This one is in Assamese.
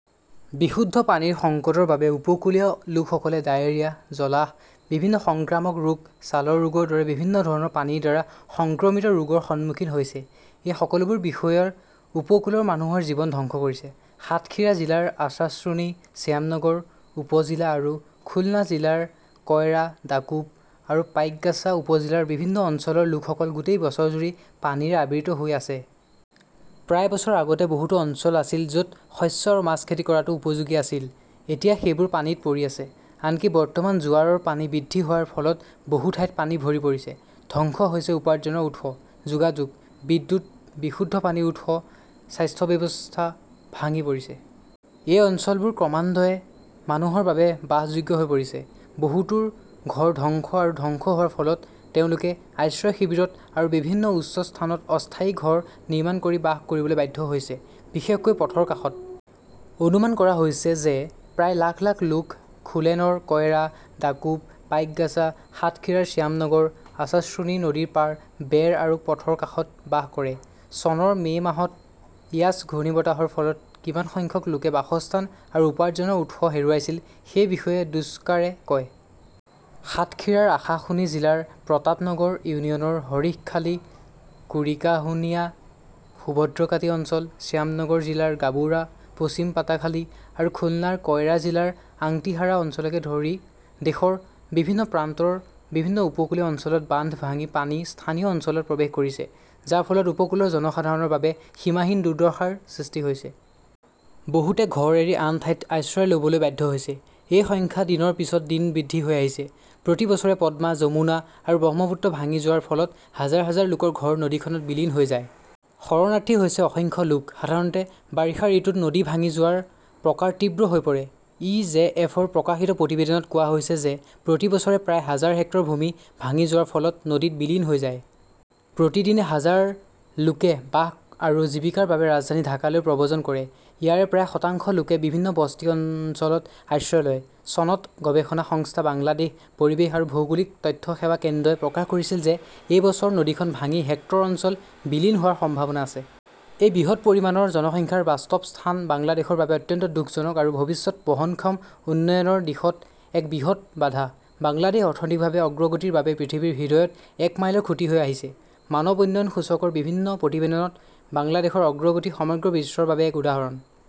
বিশুদ্ধ পানীৰ সংকটৰ বাবে উপকূলীয় লোকসকলে ডায়েৰিয়া, জলাহ, বিভিন্ন সংক্ৰামক ৰোগ, ছালৰ ৰোগৰ দৰে বিভিন্ন ধৰণৰ পানীৰ দ্বাৰা সংক্ৰমিত ৰোগৰ সন্মুখীন হৈছে। এই সকলোবোৰ বিষয়ই উপকূলৰ মানুহৰ জীৱন ধ্বংস কৰিছে। সাতক্ষীৰা জিলাৰ আশাশ্বুনী, শ্যামনগৰ উপ-জিলা আৰু খুলনা জিলাৰ কয়ৰা, ডাকোপ আৰু পাইকগাছা উপ-জিলাৰ বিভিন্ন অঞ্চলৰ লোকসকল গোটেই বছৰজুৰি পানীৰে আবৃত হৈ আছে। প্ৰায় বছৰ আগতে বহুতো অঞ্চল আছিল য 'ত শস্য আৰু মাছ খেতি কৰাটো উপযোগী আছিল, এতিয়া সেইবোৰ পানীত পৰি আছে। আনকি বৰ্তমান জোৱাৰৰ পানী বৃদ্ধি হোৱাৰ ফলত বহু ঠাইত পানী ভৰি পৰিছে। ধ্বংস হৈছে উপাৰ্জনৰ উৎস, যোগাযোগ, বিদ্যুৎ, বিশুদ্ধ পানীৰ উৎস, স্বাস্থ্য ব্যৱস্থা ভাঙি পৰিছে। এই অঞ্চলবোৰ ক্ৰমান্বয়ে মানুহৰ বাবে বাসযোগ্য হৈ পৰিছে। বহুতোৰ ঘৰ ধ্বংস আৰু ধ্বংস হোৱাৰ ফলত তেওঁলোকে আশ্ৰয় শিবিৰত আৰু বিভিন্ন উচ্চ স্থানত অস্থায়ী ঘৰ নিৰ্মাণ কৰি বাস কৰিবলৈ বাধ্য হৈছে, বিশেষকৈ পথৰ কাষত। অনুমান কৰা হৈছে যে প্ৰায় লাখ লাখ লোক খোলেনৰ কয়ৰা, ডাকোপ, পাইকগাছা, সাতখিৰাৰ শ্যামনগৰ, আশাশ্বুনিৰ নদীৰ পাৰ, বেৰ আৰু পথৰ কাষত বাস কৰে। চনৰ মে মাহত ইয়াছ ঘূৰ্ণীবতাহৰ ফলত কিমান সংখ্যক লোকে বাসস্থান আৰু উপাৰ্জনৰ উৎস হেৰুৱাইছিল সেই বিষয়ে দুস্কাৰে কয়। সাতখিৰাৰ আশাশুনি জিলাৰ প্ৰতাপনগৰ ইউনিয়নৰ হৰিশখালী, কুঁৰিকাহুনিয়া, সুভদ্ৰকাটি অঞ্চল, শ্যামনগৰ জিলাৰ গাবৌৰা, পশ্চিম পাতাখালী আৰু খুলনাৰ কয়ৰা জিলাৰ আংটিহাৰা অঞ্চলকে ধৰি দেশৰ বিভিন্ন প্ৰান্তৰ বিভিন্ন উপকূলীয় অঞ্চলত বান্ধ ভাঙি পানী স্থানীয় অঞ্চলত প্ৰৱেশ কৰিছে, যাৰ ফলত উপকূলৰ জনসাধাৰণৰ বাবে সীমাহীন দুৰ্দশাৰ সৃষ্টি হৈছে। বহুতে ঘৰ এৰি আন ঠাইত আশ্ৰয় লʼবলৈ বাধ্য হৈছে। এই সংখ্যা দিনৰ পিছত দিন বৃদ্ধি হৈ আহিছে। প্ৰতি বছৰে পদ্মা, যমুনা আৰু ব্ৰহ্মপুত্ৰ ভাঙি যোৱাৰ ফলত হাজাৰ হাজাৰ লোকৰ ঘৰ নদীখনত বিলীন হৈ যায়। শৰণাৰ্থী হৈছে অসংখ্য লোক। সাধাৰণতে, বাৰিষা ঋতুত নদী ভাঙি যোৱাৰ প্ৰকাৰ তীব্ৰ হৈ পৰে। ই. জে. এফ. -ৰ প্ৰকাশিত প্ৰতিবেদনত কোৱা হৈছে যে প্ৰতি বছৰে প্ৰায় হাজাৰ হেক্টৰ ভূমি ভাঙি যোৱাৰ ফলত নদীত বিলীন হৈ যায়। প্ৰতিদিনে হাজাৰ লোকে বাস আৰু জীৱিকাৰ বাবে ৰাজধানী ঢাকালৈ প্ৰব্ৰজন কৰে। ইয়াৰে প্ৰায় শতাংশ লোকে বিভিন্ন বস্তি অঞ্চলত আশ্ৰয় লয়। চনত গৱেষণা সংস্থা বাংলাদেশ পৰিৱেশ আৰু ভৌগোলিক তথ্য সেৱা কেন্দ্ৰই প্ৰকাশ কৰিছিল যে এই বছৰ নদীখন ভাঙি হেক্টৰ অঞ্চল বিলীন হোৱাৰ সম্ভাৱনা আছে। এই বৃহৎ পৰিমাণৰ জনসংখ্যাৰ বাস্তৱস্থান বাংলাদেশৰ বাবে অত্যন্ত দুখজনক আৰু ভৱিষ্যত বহনক্ষম উন্নয়নৰ দিশত এক বৃহৎ বাধা। বাংলাদেশ অৰ্থনৈতিকভাৱে অগ্ৰগতিৰ বাবে পৃথিৱীৰ হৃদয়ত এক মাইলৰ খুঁটি হৈ আহিছে। মানৱ উন্নয়ন সূচকৰ বিভিন্ন প্ৰতিবেদনত বাংলাদেশৰ অগ্ৰগতি সমগ্ৰ বিশ্বৰ বাবে এক উদাহৰণ।